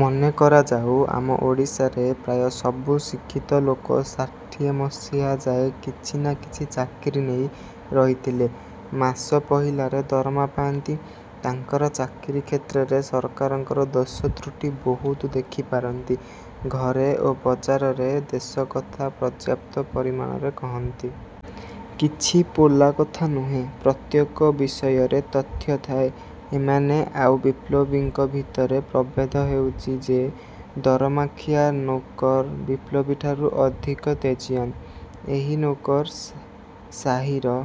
ମନେ କରାଯାଉ ଆମର ଓଡ଼ିଶାରେ ପ୍ରାୟ ସବୁ ଶିକ୍ଷିତ ଲୋକ ଷାଠିଏ ମସିହାଯାଏ କିଛି ନା କିଛି ଚାକିରି ନେଇ ରହିଥିଲେ। ମାସ ପହିଲାରେ ଦରମା ପାଆନ୍ତି। ତାଙ୍କର ଚାକିରି କ୍ଷେତ୍ରରେ ସରକାରଙ୍କର ଦୋଷ ତୃଟି ବହୁତ ଦେଖି ପାରନ୍ତି। ଘରେ ଓ ବଜାରରେ ଦେଶକଥା ପର୍ଯ୍ୟାପ୍ତ ପରିମାଣରେ କହନ୍ତି। କିଛି ପୋଲା କଥା ନୁହେଁ। ପ୍ରତ୍ୟେକ ବିଷୟରେ ତଥ୍ୟ ଥାଏ। ଏମାନେ ଆଉ ବିପ୍ଳବୀଙ୍କ ଭିତରେ ପ୍ରଭେଦ ହେଉଛି ଯେ ଦରମାଖିଆ ନୌକର ବିପ୍ଳବୀଠାରୁ ଅଧିକ ତେଜିୟାନ୍। ଏହି ନୌକରସାହୀର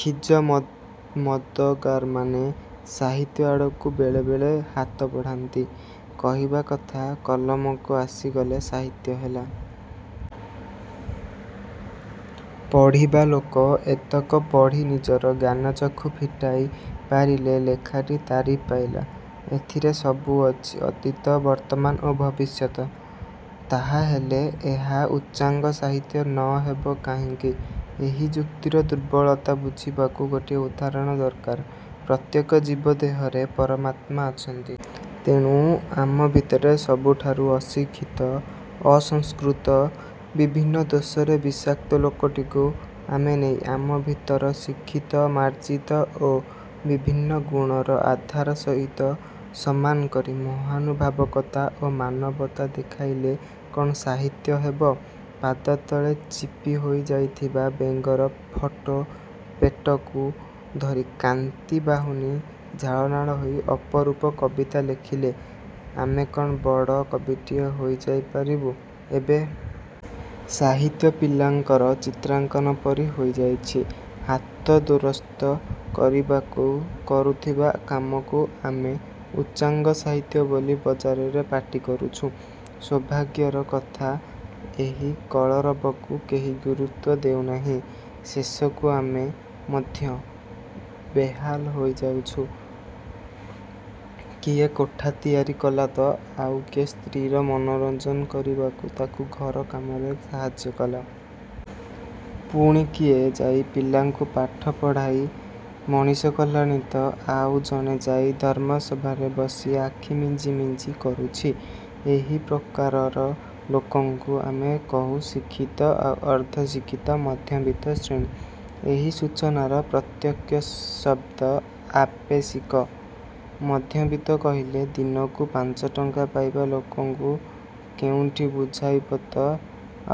ଖିଜମଦଗାରମାନେ ସାହିତ୍ୟ ଆଡ଼କୁ ବେଳେବେଳେ ହାତ ବଢ଼ାନ୍ତି। କହିବା କଥା କଲମକୁ ଆସିଗଲେ ସାହିତ୍ୟ ହେଲା। ପଢ଼ିବା ଲୋକ ଏତକ ପଢ଼ି ନିଜର ଜ୍ଞାନଚକ୍ଷୁ ଫିଟାଇ ପାରିଲେ ଲେଖାଟି ତାରିଫ୍ ପାଇଲା। ଏଥିରେ ସବୁ ଅଛି। ଅତୀତ, ବର୍ତ୍ତମାନ୍ ଓ ଭବିଷ୍ୟତ୍। ତାହାହେଲେ ଏହା ଉଚ୍ଚାଙ୍ଗ ସାହିତ୍ୟ ନ ହେବ କାହିଁକି? ଏହି ଯୁକ୍ତିର ଦୁର୍ବଳତା ବୁଝିବାକୁ ଗୋଟିଏ ଉଦାହରଣ ଦରକାର। ପ୍ରତ୍ୟେକ ଜୀବ ଦେହରେ ପରମାତ୍ମା ଅଛନ୍ତି। ତେଣୁ ଆମ ଭିତରେ ସବୁଠାରୁ ଅଶିକ୍ଷିତ, ଅସଂସ୍କୃତ, ବିଭିନ୍ନ ଦୋଷରେ ବିଷାକ୍ତ ଲୋକଟିକୁ ଆମେ ନେଇ ଆମ ଭିତର ଶିକ୍ଷିତ, ମାର୍ଜିତ ଓ ବିଭିନ୍ନ ଗୁଣର ଆଧାର ସହିତ ସମାନ କରି ମହାନୁଭାବକତା ଓ ମାନବତା ଦେଖାଇଲେ କ'ଣ ସାହିତ୍ୟ ହେବ? ପାଦତଳେ ଚିପି ହୋଇ ଯାଇଥିବା ବେଙ୍ଗର ଫଟୋ ପେଟକୁ ଧରି କାନ୍ତି ବାହୁନି ଝାଳନାଳ ହୋଇ ଅପରୂପ କବିତା ଲେଖିଲେ ଆମେ କ'ଣ ବଡ଼ କବିଟିଏ ହେଇଯାଇ ପାରିବୁ? ଏବେ ସାହିତ୍ୟ ପିଲାଙ୍କର ଚିତ୍ରାଙ୍କନ ପରି ହେଇଯାଉଛି। ହାତ ଦୋରସ୍ତ କରିବାକୁ କରୁଥିବା କାମକୁ ଆମେ ଉଚ୍ଚାଙ୍ଗ ସାହିତ୍ୟ ବୋଲି ବଜାରରେ ପାଟି କରୁଛୁ। ସୌଭାଗ୍ୟର କଥା ଏହି କଳରବକୁ କେହି ଗୁରୁତ୍ୱ ଦେଉ ନାହିଁ। ଶେଷକୁ ଆମେ ମଧ୍ୟ ବେହାଲ ହେଇ ଯାଉଛୁ। କିଏ କୋଠା ତିଆରି କଲା ତ ଆଉ କିଏ ସ୍ତ୍ରୀର ମନୋରଞ୍ଜନ କରିବାକୁ ତାକୁ ଘର କାମରେ ସାହାଯ୍ୟ କଲା। ପୁଣି କିଏ ଯାଇ ପିଲାଙ୍କୁ ପାଠପଢ଼ାଇ ମଣିଷ କଲାଣି ତ ଆଉ ଜଣେ ଯାଇ ଧର୍ମସଭାରେ ବସି ଆଖି ମିଞ୍ଜି ମିଞ୍ଜି କରୁଛି। ଏହି ପ୍ରକାରର ଲୋକଙ୍କୁ ଆମେ କହୁ ଶିକ୍ଷିତ ଆଉ ଅର୍ଦ୍ଧଶିକ୍ଷିତ ମଧ୍ୟବିତ୍ତ ଶ୍ରେଣୀ। ଏହି ସୂଚନାର ପ୍ରତ୍ୟେକ ଶବ୍ଦ ଆପେଷିକ। ମଧ୍ୟବିତ୍ତ କହିଲେ ଦିନକୁ ପାଞ୍ଚଟଙ୍କା ପାଇବା ଲୋକଙ୍କୁ କେଉଁଠି ବୁଝାଇବ ତ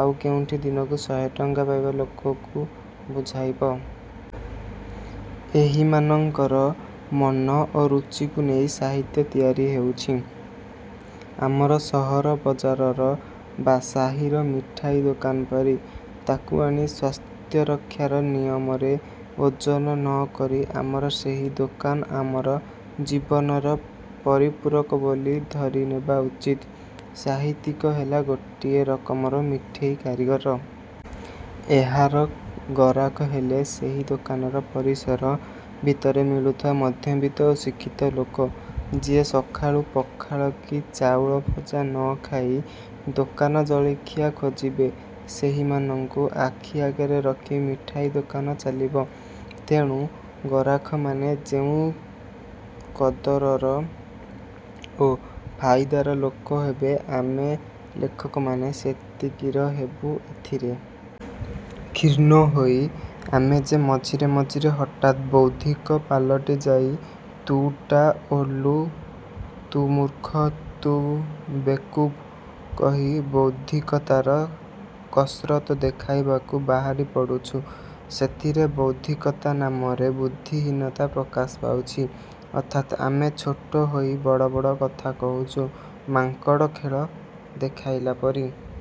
ଆଉ କେଉଁଠି ଦିନକୁ ଶହେଟଙ୍କା ପାଇବା ଲୋକକୁ ବୁଝାଇବ। ଏହିମାନଙ୍କର ମନ ଓ ରୁଚିକୁ ନେଇ ସାହିତ୍ୟ ତିଆରି ହେଉଛି। ଆମର ସହର ବଜାରର ବା ସାହୀର ମିଠାଇ ଦୋକାନ ପରି। ତା'କୁ ଆଣି ସ୍ୱାସ୍ଥ୍ୟରକ୍ଷାର ନିୟମରେ ଓଜନ ନ କରି ଆମର ସେହି ଦୋକାନ ଆମର ଜୀବନର ପରିପୂରକ ବୋଲି ଧରିନେବା ଉଚିତ୍। ସାହିତ୍ୟିକ ହେଲା ଗୋଟାଏ ରକମର ମିଠେଇ କାରିଗର। ଏହାର ଗରାଖ ହେଲେ ସେହି ଦୋକାନର ପରିସର ଭିତରେ ମିଳୁଥିବା ମଧ୍ୟବିତ୍ତ ଓ ଶିକ୍ଷିତ ଲୋକ। ଯିଏ ସକାଳୁ ପଖାଳ କି ଚାଉଳଭଜା ନ ଖାଇ ଦୋକାନ ଜଳଖିଆ ଖୋଜିବେ ସେହିମାନଙ୍କୁ ଆଖି ଆଗରେ ରଖି ମିଠାଇ ଦୋକାନ ଚାଲିବ। ତେଣୁ ଗରାଖମାନେ ଯେଉଁ କଦରର ଓ ଫାଇଦାର ଲୋକ ହେବେ ଆମେ ଲେଖକମାନେ ସେତିକିର ହେବୁ। ଏଥିରେ କ୍ଷୁଣ୍ଣ ହୋଇ ଆମେ ଯେ ମଝିରେ ମଝିରେ ହଠାତ୍ ବୌଦ୍ଧିକ ପାଲଟି ଯାଇ ତୁ ଟା ଓଲୁ, ତୁ ମୁର୍ଖ, ତୁ ବେକୁବ୍ କହି ବୌଦ୍ଧିକତାର କସରତ ଦେଖାଇବାକୁ ବାହାରି ପଡ଼ୁଛୁ ସେଥିରେ ବୌଦ୍ଧିକତା ନାମରେ ବୁଦ୍ଧିହୀନତା ପ୍ରକାଶ ପାଉଛି। ଅର୍ଥାତ୍ ଆମେ ଛୋଟ ହେଇ ବଡ଼ ବଡ଼ କଥା କହୁଛୁ। ମାଙ୍କଡ଼ ଖେଳ ଦେଖାଇଲା ପରି।